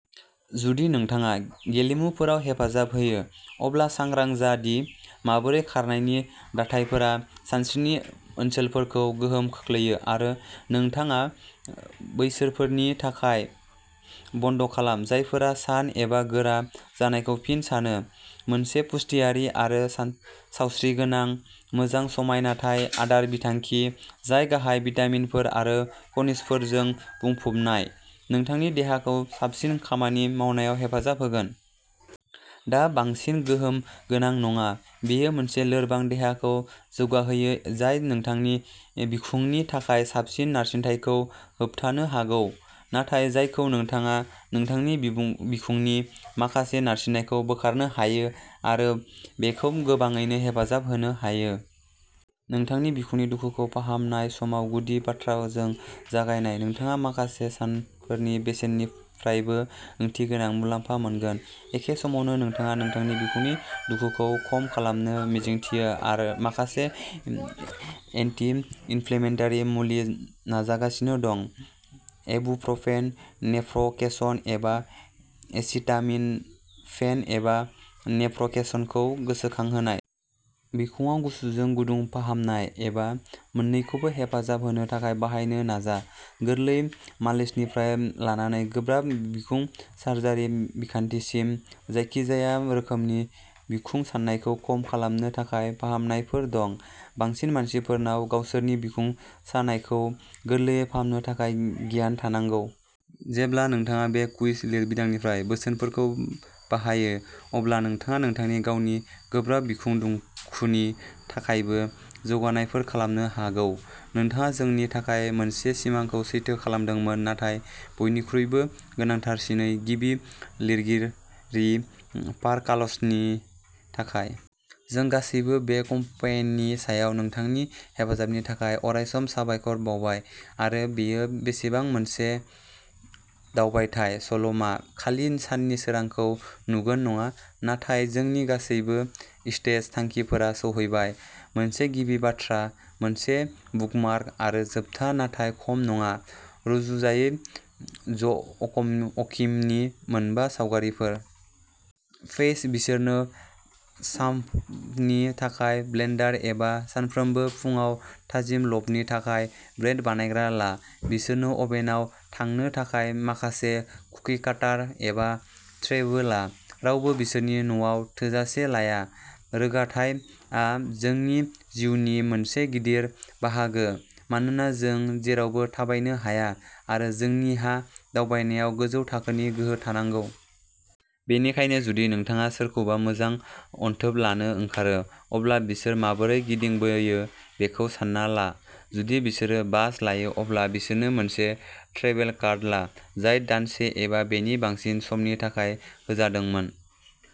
जुदि नोंथाङा गेलेमुफोराव हेफाजाब होयो, अब्ला सांग्रां जा दि माबोरै खारनायनि दाथायफोरा सिनस्रिनि ओनसोलफोरखौ गोहोम खोख्लैयो, आरो नोंथाङा बैसोरफोरनि थाखाय बन्द'खालाम जायफोरा सानाय एबा गोरा जानायखौ फिन सानो। मोनसे पुष्टियारि आरो सावस्रिगोनां मोजां-समानथाय आदार बिथांखि जाय गाहाय भिटामिनफोर आरो खनिजफोरजों बुंफबनाय, नोंथांनि देहाखौ साबसिन खामानि मावनायाव हेफाजाब होगोन। दा बांसिन गोहोम गोनां नङा, बेयो मोनसे लोरबां देहाखौ जौगाहोयो जाय नोंथांनि बिखुंनि थाखाय साबसिन नारसिनथायखौ होबथानो हागौ, नाथाय जायखौ नोंथाङा नोंथांनि बिखुंनि माखासे नारसिननायखौ बोखारनो हायो आरो बेखौ गोबाङैनो हेफाजाब होनो हायो। नोंथांनि बिखुंनि दुखुखौ फाहामनाय समाव गुदि बाथ्राफोरजों जागाय। नोंथाङा माखासे सानफोरनि बेसेननिफ्रायबो ओंथिगोनां मुलाम्फा मोनगोन। एखे समावनो नोंथाङा नोंथांनि बिखुंनि दुखुखौ खम खालामनो मिजिंथियो, आरो माखासे एन्टिम-इनफ्लेमेटारि मुलि नाजागासिनो दं, इबुप्रफेन, नेप्र'क्सेन एबा एसिटामिन'फेन, एबा नेप्र'केसेनखौ गोसोखांहोनाय। बिखुङाव गुसुजों गुदुं फाहामनाय एबा मोन्नैखौबो हेफाजाब होनो थाखाय बाहायनो नाजा। गोरलै मालिसनिफ्राय लानानै गोब्राब बिखुं सार्जारि बिखान्थिसिम, जायखिजाया रोखोमनि बिखुं सानायखौ खम खालामनो थाखाय फाहामनायफोर दं। बांसिन मानसिफोरनाव गावसोरनि बिखुं सानायखौ गोरलैयै फाहामनो थाखाय गियान थानांगौ। जेब्ला नोंथाङा बे कुकिज लिरबिदांनिफ्राय बोसोनफोरखौ बाहायो, अब्ला नोंथाङा नोंथांनि गावनि गोब्राब बिखुं दुखुनि थाखायबो जौगानायफोर खालामनो हागौ। नोंथाङा जोंनि थाखाय मोनसे सिमांखौ सैथो खालामदोंमोन, नाथाय बयनिख्रुइबो गोनांथारसिनै गिबि लिरगिरि पार कार्लसननि थाखाय। जों गासैबो बे केम्पेइननि समाव नोंथांनि हेफाजाबनि थाखाय अरायसम साबायखर बावबाय। आरो बेयो बेसेबां मोनसे दावबायथाय! सल'मा खालि साननि सोरांखौ नुगोन नङा, नाथाय जोंनि गासैबो स्ट्रेच थांखिफोरा सौहैबायः मोनसे गिबि बाथ्रा, मोनसे बुकमार्क आरो जोबथा नाथाय खम नङा, रुजुजायै ज'आकिमनि मोनबा सावगारिफोर। प्रेच, बिसोरनो सामनि थाखाय ब्लेन्डार एबा सानफ्रोमबो फुंआव थाजिम ल'फनि थाखाय ब्रेड बानायग्रा ला। बिसोरनो अभेनआव थांनो थाखाय माखासे कुकि काटार एबा ट्रेबो ला; रावबो बिसोरनि न'आव थोजासे लाया! रोगाथाइआ जोंनि जिउनि मोनसे गिदिर बाहागो, मानोना जों जेरावबो थाबायनो हाया आरो जोंनिहा दावबायनायाव गोजौ थाखोनि गोहो थानांगौ। बेनिखायनो जुदि नोंथाङा सोरखौबा मोजां अनथोब लानो ओंखारो, अब्ला बिसोर माबोरै गिदिंबोयो बेखौ सानना ला। जुदि बिसोरो बास लायो, अब्ला बिसोरनो मोनसे ट्रेभेल कार्ड ला जाय दानसे एबा बेनि बांसिन समनि थाखाय होजादोंमोन।